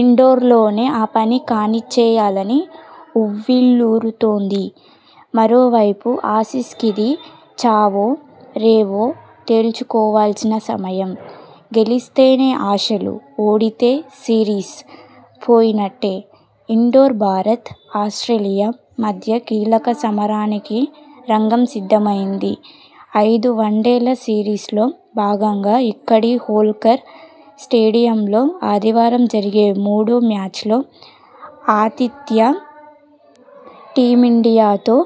ఇండోర్లోనే ఆ పని కానిచ్చేయాలని ఉవ్విళ్లూరుతోంది! మరో వైపు ఆసీస్కిది చావో రేవో తేల్చుకోవాల్సిన సమయం! గెలిస్తేనే ఆశలు, ఓడితే సిరీస్ పోయినట్టే! ఇండోర్ భారత్, ఆస్ట్రేలియా మధ్య కీలక సమరానికి రంగం సిద్ధమైంది. ఐదు వన్డేల సిరీస్లో భాగంగా ఇక్కడి హోల్కర్ స్టేడియంలో ఆదివారం జరిగే మూడో మ్యాచ్లో ఆతిథ్య టీమిండియాతో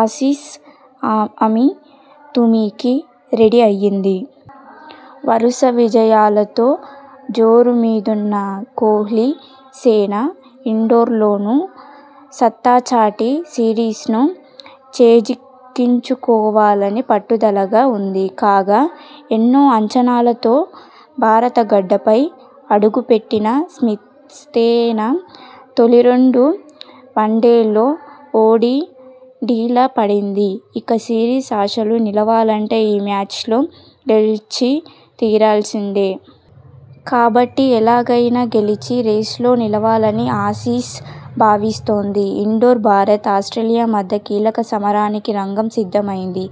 ఆసీస్ అమీ తుమీకి రెడీ అయింది. వరుస విజయాలతో జోరు మీదున్న కోహ్లీ సేన ఇండోర్లోనూ సత్తాచాటి సిరీస్ను చేజిక్కించుకోవాలని పట్టుదలగా ఉంది. కాగా, ఎన్నోఅంచనాలతో భారత గడ్డపై అడుగు పెట్టిన స్మిత్సేన తొలి రెండు వన్డేల్లో ఓడి డీలా పడింది. ఇక సిరీస్ ఆశలు నిలవాలంటే ఈ మ్యాచ్లో గెలిచి తీరాల్సిందే. కాబట్టి ఎలాగైనా గెలిచి రేసులో నిలవాలని ఆసీస్ భావిస్తోంది! ఇండోర్ భారత్, ఆస్ట్రేలియా మధ్య కీలక సమరానికి రంగం సిద్ధమైంది.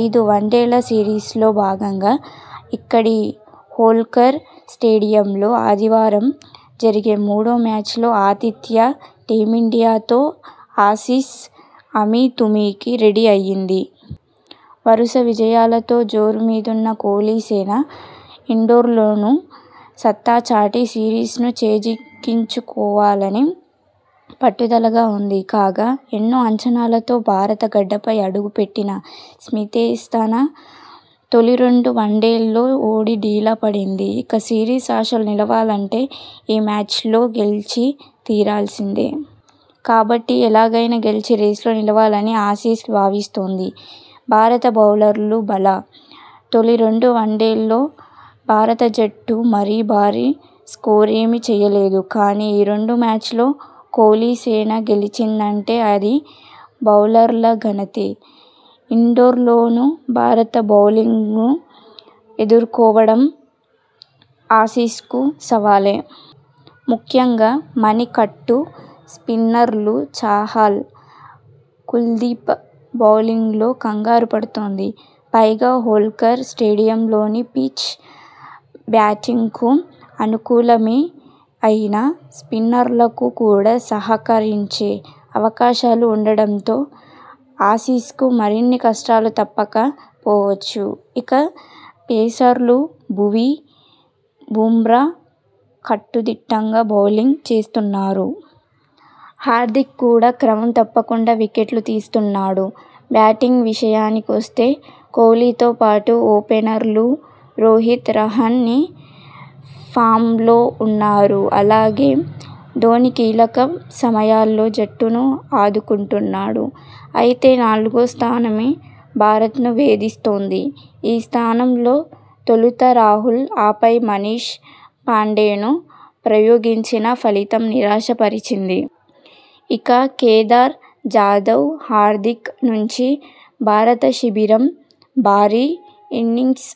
ఐదు వన్డేల సిరీస్లో భాగంగా ఇక్కడి హోల్కర్ స్టేడియం లో ఆదివారం జరిగే మూడో మ్యాచ్లో ఆతిథ్య టీమిండియా తో ఆసీస్ అమీ తుమీకి రెడీ అయింది. వరుస విజయాలతో జోరు మీదున్న కోహ్లీ సేన ఇండోర్లోనూ సత్తాచాటి సిరీస్ను చేజిక్కించుకోవాలని పట్టుదలగా ఉంది. కాగా, ఎన్నోఅంచనాలతో భారత గడ్డపై అడుగు పెట్టిన స్మిత్సేన తొలి రెండు వన్డేల్లో ఓడి డీలా పడింది. ఇక సిరీస్ ఆశలు నిలవాలంటే ఈ మ్యాచ్లో గెలిచి తీరాల్సిందే. కాబట్టి ఎలాగైనా గెలిచి రేసులో నిలవాలని ఆసీస్ భావిస్తోంది! భారత బౌలర్లు భళా.. తొలి రెండు వన్డేల్లో భారత జట్టు మరీ భారీ స్కోరేమీ చేయలేదు. కానీ, ఈ రెండు మ్యాచ్ల్లో కోహ్లీసేన గెలిచిందంటే అది బౌలర్ల ఘనతే. ఇండోర్లోనూ భారత బౌలింగ్ను ఎదుర్కోవ డం ఆసీస్కు సవాలే. ముఖ్యంగా మణి కట్టు స్పిన్నర్లు చాహల్, కుల్దీప్ బౌలింగ్లో కంగారు పడుతోంది. పైగా హోల్కర్ స్టేడియం లోని పిచ్ బ్యాటింగ్కు అనుకూలమే అయినా స్పిన్నర్లకు కూడా సహకరించే అవకాశాలు ఉండడంతో ఆసీస్కు మరిన్ని కష్టాలు తప్పక పోవచ్చు. ఇక పేసర్లు భువీ, బుమ్రా కట్టు దిట్టంగా బౌలింగ్ చేస్తున్నారు. హార్దిక్ కూడా క్రమం తప్పకుండా వికెట్లు తీస్తున్నా డు. బ్యాటింగ్ విషయాని కొస్తే, కోహ్లీతో పాటు ఓపెనర్లు రోహిత్, రహానె ఫామ్లో ఉన్నారు. అలాగే ధోనీ కీలక సమయాల్లో జట్టును ఆదుకుంటున్నాడు. అయితే నాలుగో స్థానమే భారత్ను వేధిస్తోంది. ఈ స్థానంలో తొలుత రాహుల్, ఆపై మనీష్ పాండేను ప్రయోగించినా ఫలితం నిరాశ పరిచింది. ఇక కేదార్ జాదవ్, హార్దిక్ నుంచి భారత శిబిరం భారీ ఇన్నింగ్స్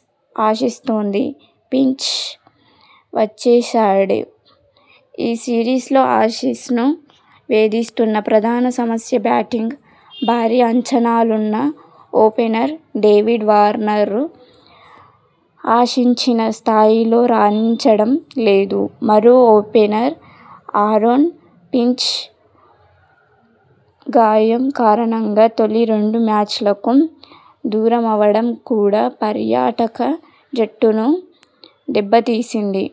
ఆశిస్తోంది. ఫించ్ వచ్చేశాడు.. ఈ సిరీస్లో ఆసీస్ను వేధిస్తున్న ప్రధాన సమస్య బ్యాటింగ్. భారీ అంచనాలున్న ఓపెనర్ డేవిడ్ వార్నర్ ఆశించిన స్థాయిలో రాణించడం లేదు. మరో ఓపెనర్ ఆరోన్ ఫించ్ గాయం కారణం గా తొలి రెండు మ్యాచ్లకు దూరమవడం కూడా పర్యాటక జట్టును దెబ్బ తీసింది.